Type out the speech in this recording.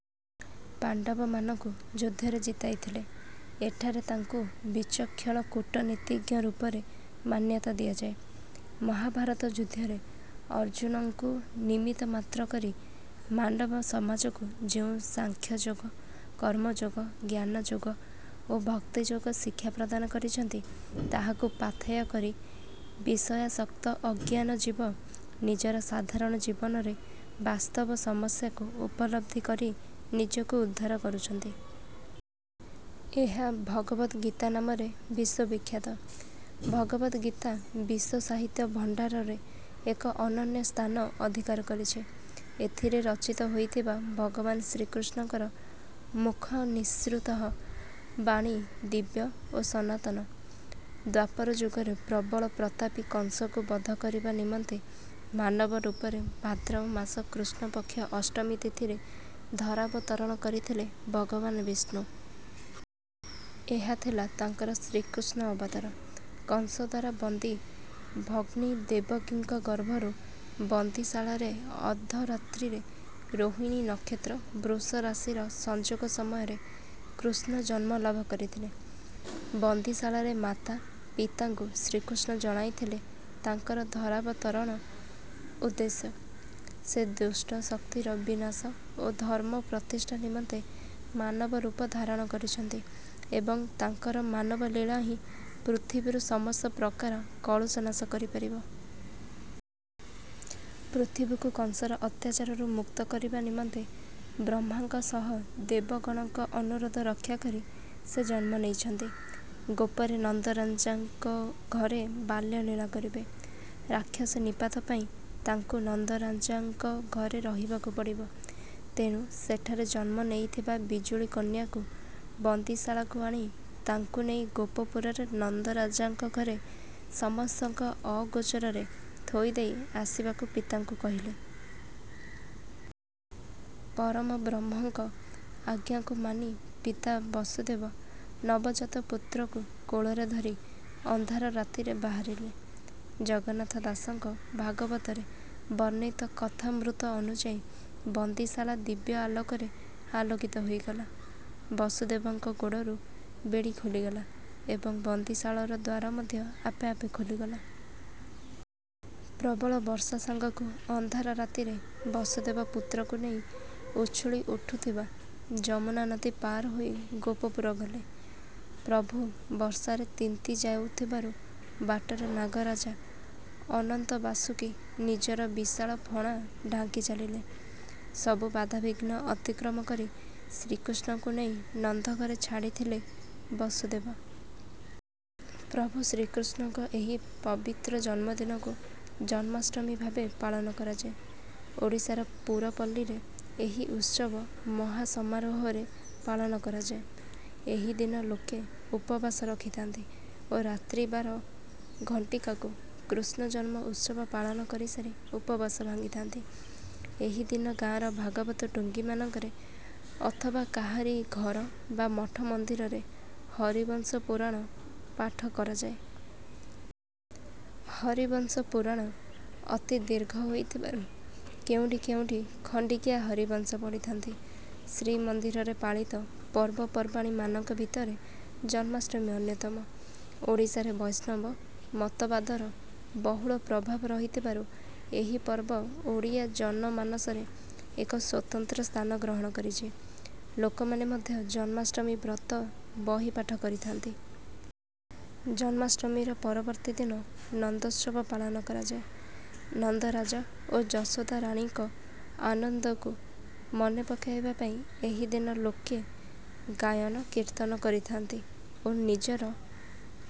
ପାଣ୍ଡବମାନଙ୍କୁ ଯୁଦ୍ଧରେ ଜିତାଇଥିଲେ। ଏଠାରେ ତାଙ୍କୁ ବିଚକ୍ଷଣ କୂଟନୀତିଜ୍ଞ ରୂପରେ ମାନ୍ୟତା ଦିଆଯାଏ। ମହାଭାରତ ଯୁଦ୍ଧରେ ଅର୍ଜୁନଙ୍କୁ ନିମିତ୍ତମାତ୍ର କରି ମାନବ ସମାଜକୁ ଯେଉଁ ସାଂଖ୍ୟଯୋଗ, କର୍ମଯୋଗ, ଜ୍ଞାନଯୋଗ ଓ ଭକ୍ତିଯୋଗ ଶିକ୍ଷା ପ୍ରଦାନ କରିଛନ୍ତି, ତାହାକୁ ପାଥେୟ କରି ବିଷୟାସକ୍ତ ଅଜ୍ଞାନ ଜୀବ ନିଜର ସାଧାରଣ ଜୀବନରେ ବାସ୍ତବ ସମସ୍ୟାକୁ ଉପଲବ୍ଧି କରି ନିଜକୁ ଉଦ୍ଧାର କରୁଛନ୍ତି। ଏହା ଭଗବଦ୍‌ଗୀତା ନାମରେ ବିଶ୍ୱବିଖ୍ୟାତ। ଭଗବଦ୍‌ଗୀତା ବିଶ୍ୱ ସାହିତ୍ୟ ଭଣ୍ଡାରରେ ଏକ ଅନନ୍ୟ ସ୍ଥାନ ଅଧିକାର କରିଛି। ଏଥିରେ ରଚିତ ହୋଇଥିବା ଭଗବାନ ଶ୍ରୀକୃଷ୍ଣଙ୍କର ମୁଖନିଃସୃତ ବାଣୀ ଦିବ୍ୟ ଓ ସନାତନ। ଦ୍ୱାପର ଯୁଗରେ ପ୍ରବଳ ପ୍ରତାପୀ କଂସକୁ ବଧ କରିବା ନିମନ୍ତେ ମାନବ ରୂପରେ ଭାଦ୍ରବ ମାସ କୃଷ୍ଣପକ୍ଷ ଅଷ୍ଟମୀ ତିଥିରେ ଧରାବତରଣ କରିଥିଲେ ଭଗବାନ ବିଷ୍ଣୁ। ଏହା ଥିଲା ତାଙ୍କର ଶ୍ରୀକୃଷ୍ଣ ଅବତାର। କଂସଦ୍ୱାରା ବନ୍ଦୀ ଭଗ୍ନୀ ଦେବକୀଙ୍କ ଗର୍ଭରୁ ବନ୍ଦିଶାଳାରେ ଅର୍ଦ୍ଧରାତ୍ରିରେ ରୋହିଣୀ ନକ୍ଷତ୍ର-ବୃଷରାଶିର ସଂଯୋଗ ସମୟରେ କୃଷ୍ଣ ଜନ୍ମଲାଭ କରିଥିଲେ। ବନ୍ଦିଶାଳାରେ ମାତା-ପିତାଙ୍କୁ ଶ୍ରୀକୃଷ୍ଣ ଜଣାଇଥିଲେ ତାଙ୍କର ଧରାବତରଣ ଉଦ୍ଦେଶ୍ୟ। ସେ ଦୁଷ୍ଟ ଶକ୍ତିର ବିନାଶ ଓ ଧର୍ମ ପ୍ରତିଷ୍ଠା ନିମନ୍ତେ ମାନବ ରୂପ ଧାରଣ କରିଛନ୍ତି ଏବଂ ତାଙ୍କର ମାନବ ଲୀଳା ହିଁ ପୃଥିବୀରୁ ସମସ୍ତ ପ୍ରକାର କଳୁଷ ନାଶ କରିପାରିବ। ପୃଥିବୀକୁ କଂସର ଅତ୍ୟାଚାରରୁ ମୁକ୍ତ କରିବା ନିମନ୍ତେ ବ୍ରହ୍ମାଙ୍କ ସହ ଦେବଗଣଙ୍କ ଅନୁରୋଧ ରକ୍ଷା କରି ସେ ଜନ୍ମ ନେଇଛନ୍ତି। ଗୋପରେ ନନ୍ଦରାଜାଙ୍କ ଘରେ ବାଲ୍ୟ ଲୀଳା କରିବେ। ରାକ୍ଷସ ନିପାତ ପାଇଁ ତାଙ୍କୁ ନନ୍ଦରାଜାଙ୍କ ଘରେ ରହିବାକୁ ପଡ଼ିବ, ତେଣୁ ସେଠାରେ ଜନ୍ମ ନେଇଥିବା ବିଜୁଳି କନ୍ୟାକୁ ବନ୍ଦିଶାଳାକୁ ଆଣି ତାଙ୍କୁ ନେଇ ଗୋପପୁରରେ ନନ୍ଦରାଜାଙ୍କ ଘରେ ସମସ୍ତଙ୍କ ଅଗୋଚରରେ ଥୋଇଦେଇ ଆସିବାକୁ ପିତାଙ୍କୁ କହିଲେ। ପରମବ୍ରହ୍ମଙ୍କ ଆଜ୍ଞାକୁ ମାନି ପିତା ବସୁଦେବ ନବଜାତ ପୁତ୍ରକୁ କୋଳରେ ଧରି ଅନ୍ଧାର ରାତିରେ ବାହାରିଲେ। ଜଗନ୍ନାଥ ଦାସଙ୍କ ଭାଗବତରେ ବର୍ଣ୍ଣିତ କଥାମୃତ ଅନୁଯାୟୀ ବନ୍ଦିଶାଳା ଦିବ୍ୟ ଆଲୋକରେ ଆଲୋକିତ ହୋଇଗଲା, ବସୁଦେବଙ୍କ ଗୋଡ଼ରୁ ବେଡ଼ି ଖୋଲିଗଲା ଏବଂ ବନ୍ଦିଶାଳାର ଦ୍ୱାର ମଧ୍ୟ ଆପେଆପେ ଖୋଲିଗଲା। ପ୍ରବଳ ବର୍ଷା ସାଙ୍ଗକୁ ଅନ୍ଧାର ରାତିରେ ବସୁଦେବ ପୁତ୍ରକୁ ନେଇ ଉଛୁଳି ଉଠୁଥିବା ଯମୁନା ନଦୀ ପାର ହୋଇ ଗୋପପୁର ଗଲେ। ପ୍ରଭୁ ବର୍ଷାରେ ତିନ୍ତି ଯାଉଥିବାରୁ ବାଟରେ ନାଗରାଜା ଅନନ୍ତ ବାସୁକି ନିଜର ବିଶାଳ ଫଣା ଢାଙ୍କି ଚାଲିଲେ। ସବୁ ବାଧାବିଘ୍ନ ଅତିକ୍ରମ କରି ଶ୍ରୀକୃଷ୍ଣଙ୍କୁ ନେଇ ନନ୍ଦଘରେ ଛାଡ଼ିଥିଲେ ବସୁଦେବ। ପ୍ରଭୁ ଶ୍ରୀକୃଷ୍ଣଙ୍କ ଏହି ପବିତ୍ର ଜନ୍ମଦିନକୁ ଜନ୍ମାଷ୍ଟମୀ ଭାବେ ପାଳନ କରାଯାଏ। ଓଡ଼ିଶାର ପୁରପଲ୍ଲୀରେ ଏହି ଉତ୍ସବ ମହା ସମାରୋହରେ ପାଳନ କରାଯାଏ। ଏହିଦିନ ଲୋକେ ଉପବାସ ରଖିଥାନ୍ତି ଓ ରାତ୍ରି ବାର ଘଟିକାକୁ କୃଷ୍ଣଜନ୍ମ ଉତ୍ସବ ପାଳନ କରିସାରି ଉପବାସ ଭାଙ୍ଗିଥାନ୍ତି। ଏହିଦିନ ଗାଁର ଭାଗବତ ଟୁଙ୍ଗୀମାନଙ୍କରେ ଅଥବା କାହାରି ଘର ବା ମଠ-ମନ୍ଦିରରେ ହରିବଂଶ ପୁରାଣ ପାଠ କରାଯାଏ। ହରିବଂଶ ପୁରାଣ ଅତି ଦୀର୍ଘ ହୋଇଥିବାରୁ କେଉଁଠି କେଉଁଠି ଖଣ୍ଡିକିଆ ହରିବଂଶ ପଢ଼ିଥାନ୍ତି। ଶ୍ରୀମନ୍ଦିରରେ ପାଳିତ ପର୍ବପର୍ବାଣୀମାନଙ୍କ ଭିତରେ ଜନ୍ମାଷ୍ଟମୀ ଅନ୍ୟତମ। ଓଡ଼ିଶାରେ ବୈଷ୍ଣବ ମତବାଦର ବହୁଳ ପ୍ରଭାବ ରହିଥିବାରୁ ଏହି ପର୍ବ ଓଡ଼ିଆ ଜନମାନସରେ ଏକ ସ୍ୱତନ୍ତ୍ର ସ୍ଥାନ ଗ୍ରହଣ କରିଛି। ଲୋକମାନେ ମଧ୍ୟ ଜନ୍ମାଷ୍ଟମୀ ବ୍ରତ ବହି ପାଠ କରିଥାନ୍ତି। ଜନ୍ମାଷ୍ଟମୀର ପରବର୍ତ୍ତୀ ଦିନ ନନ୍ଦୋତ୍ସବ ପାଳନ କରାଯାଏ। ନନ୍ଦରାଜ ଓ ଯଶୋଦାରାଣୀଙ୍କ ଆନନ୍ଦକୁ ମନେ ପକାଇବା ପାଇଁ ଏହି ଦିନ ଲୋକେ ଗାୟନ-କୀର୍ତ୍ତନ କରିଥାନ୍ତି ଓ ନିଜର